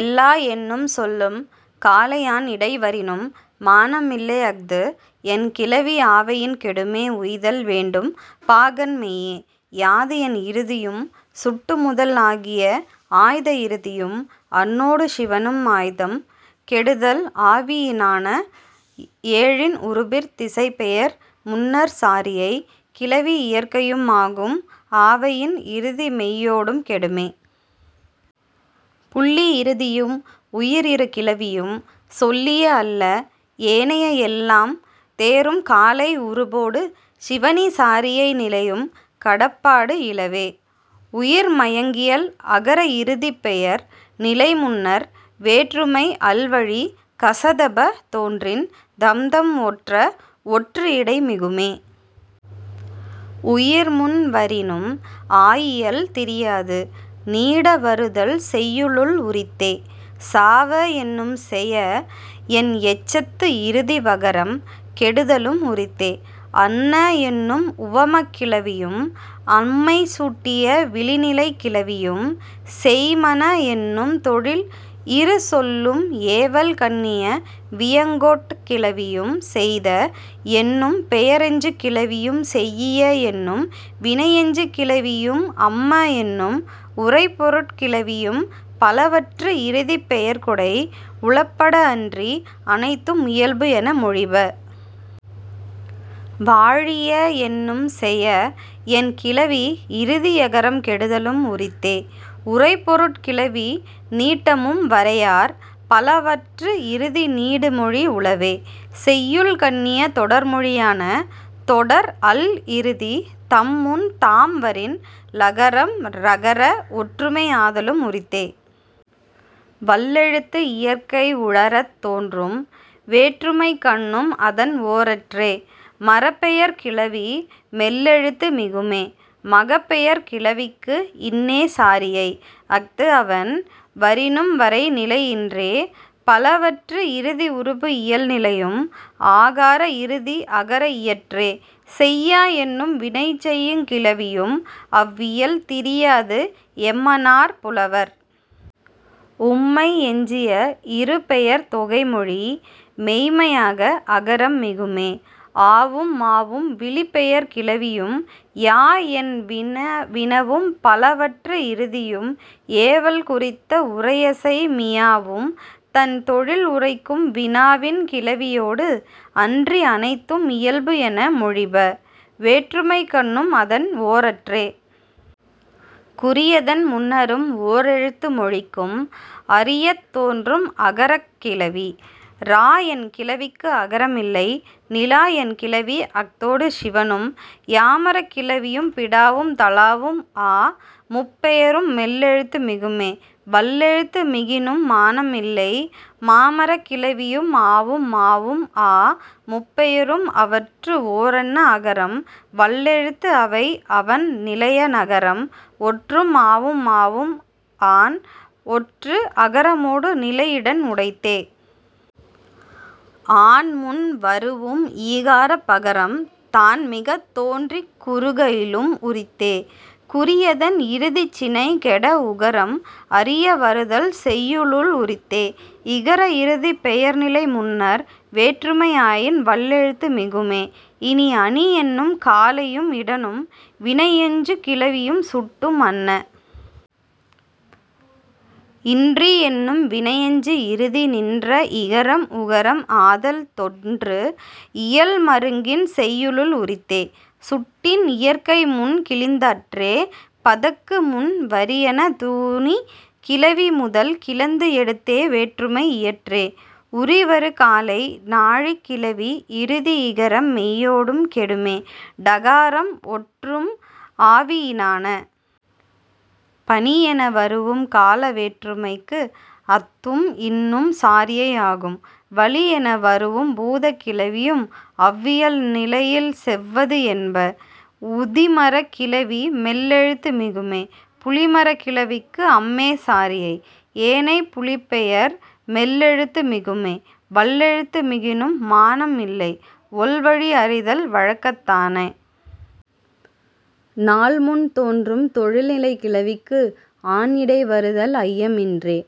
எல்லா எண்ணும் சொல்லும் காலை ஆன் இடை வரினும் மானம் இல்லை அஃது என் கிளவி ஆவயின் கெடுமே உய்தல் வேண்டும் பஃகான் மெய்யே. யாது என் இறுதியும் சுட்டு முதல் ஆகிய ஆய்த இறுதியும் அன்னொடு சிவணும் ஆய்தம் கெடுதல் ஆவயினான. ஏழன் உருபிற்குத் திசைப் பெயர் முன்னர் சாரியைக் கிளவி இயற்கையும் ஆகும் ஆவயின் இறுதி மெய்யொடும் கெடுமே. புள்ளி இறுதியும் உயிர் இறு கிளவியும் சொல்லிய அல்ல ஏனைய எல்லாம் தேரும் காலை உருபொடு சிவணி சாரியை நிலையும் கடப்பாடு இலவே.. உயிர்மயங்கியல் அகர இறுதிப் பெயர் நிலை முன்னர் வேற்றுமை அல் வழி க ச த ப தோன்றின் தம்தம் ஒத்த ஒற்று இடை மிகுமே. உயிர் முன் வரினும் ஆயியல் திரியாது. நீட வருதல் செய்யுளுள் உரித்தே. சாவ என்னும் செய என் எச்சத்து இறுதி வகரம் கெடுதலும் உரித்தே. அன்ன என்னும் உவமக் கிளவியும் அண்மை சுட்டிய விளிநிலைக் கிளவியும் செய்ம்மன என்னும் தொழில் இறு சொல்லும் ஏவல் கண்ணிய வியங்கோட் கிளவியும் செய்த என்னும் பெயரெஞ்சுகிளவியும் செய்யிய என்னும் வினையெஞ்சுகிளவியும் அம்ம என்னும் உரைப்பொருட் கிளவியும் பலவற்று இறுதிப் பெயர்க்கொடை உளப்பட அன்றி அனைத்தும் இயல்பு என மொழிப. வாழிய என்னும் செய என் கிளவி இறுதி யகரம் கெடுதலும் உரித்தே. உரைப்பொருட் கிளவி நீட்டமும் வரையார். பலவற்று இறுதி நீடு மொழி உளவே செய்யுள் கண்ணிய தொடர்மொழியான. தொடர் அல் இறுதி தம் முன் தாம் வரின் லகரம் றகர ஒற்றுமை ஆதலும் உரித்தே. வல்லெழுத்து இயற்கை உறழத் தோன்றும். வேற்றுமைக்கண்ணும் அதன் ஓரற்றே. மரப்பெயர்க் கிளவி மெல்லெழுத்து மிகுமே. மகப்பெயர்க் கிளவிக்கு இன்னே சாரியை. அத்து அவண் வரினும் வரை நிலை இன்றே. பலவற்று இறுதி உருபு இயல் நிலையும். ஆகார இறுதி அகர இயற்றே. செய்யா என்னும் வினையெஞ்சுகிளவியும் அவ் இயல் திரியாது என்மனார் புலவர். உம்மை எஞ்சிய இரு பெயர்த் தொகைமொழி மெய்ம்மையாக அகரம் மிகுமே. ஆவும் மாவும் விளிப்பெயர்க் கிளவியும் யா என் வினவும் பலவற்று இறுதியும் ஏவல் குறித்த உரையசை மியாவும் தன் தொழில் உரைக்கும் வினாவின் கிளவியொடு அன்றி அனைத்தும் இயல்பு என மொழிப. வேற்றுமைக்கண்ணும் அதன் ஓரற்றே. குறியதன் முன்னரும் ஓரெழுத்து மொழிக்கும் அறியத் தோன்றும் அகரக் கிளவி. இரா என் கிளவிக்கு அகரம் இல்லை. நிலா என் கிளவி அத்தொடு சிவணும். யாமரக் கிளவியும் பிடாவும் தளாவும் ஆ முப் பெயரும் மெல்லெழுத்து மிகுமே. வல்லெழுத்து மிகினும் மானம் இல்லை. மாமரக் கிளவியும் ஆவும் மாவும் ஆ முப் பெயரும் அவற்று ஓரன்ன அகரம் வல்லெழுத்து அவை அவண் நிலையா னகரம் ஒற்றும் ஆவும் மாவும் ஆன் ஒற்று அகரமொடு நிலை இடன் உடைத்தே. ஆன் முன் வரூஉம் ஈகார பகரம் தான் மிகத் தோன்றிக் குறுகலும் உரித்தே. குறியதன் இறுதிச் சினை கெட உகரம் அறிய வருதல் செய்யுளுள் உரித்தே. இகர இறுதிப் பெயர்நிலை முன்னர் வேற்றுமை ஆயின் வல்லெழுத்து மிகுமே. இனி அணி என்னும் காலையும் இடனும் வினையெஞ்சுகிளவியும் சுட்டும் அன்ன. இன்றி என்னும் வினையெஞ்சு இறுதி நின்ற இகரம் உகரம் ஆதல் தொன்று இயல் மருங்கின் செய்யுளுள் உரித்தே. சுட்டின் இயற்கை முன் கிளந்தற்றே. பதக்கு முன் வரியனே தூணிக் கிளவி முதல் கிளந்து எடுத்த வேற்றுமை இயற்றே. உரி வரு காலை நாழிக் கிளவி இறுதி இகரம் மெய்யொடும் கெடுமே டகாரம் ஒற்றும் ஆவயினான. பனி என வரூஉம் கால வேற்றுமைக்கு அத்தும் இன்னும் சாரியை ஆகும். வளி என வரூஉம் பூதக் கிளவியும் அவ் இயல் நிலையல் செவ்விது என்ப. உதிமரக் கிளவி மெல்லெழுத்து மிகுமே. புளிமரக் கிளவிக்கு அம்மே சாரியை. ஏனைப் புளிப் பெயர் மெல்லெழுத்து மிகுமே. வல்லெழுத்து மிகினும் மானம் இல்லை ஒல்வழி அறிதல் வழக்கத்தான. நாள் முன் தோன்றும் தொழில்நிலைக் கிளவிக்கு ஆன் இடை வருதல் ஐயம் இன்றே.।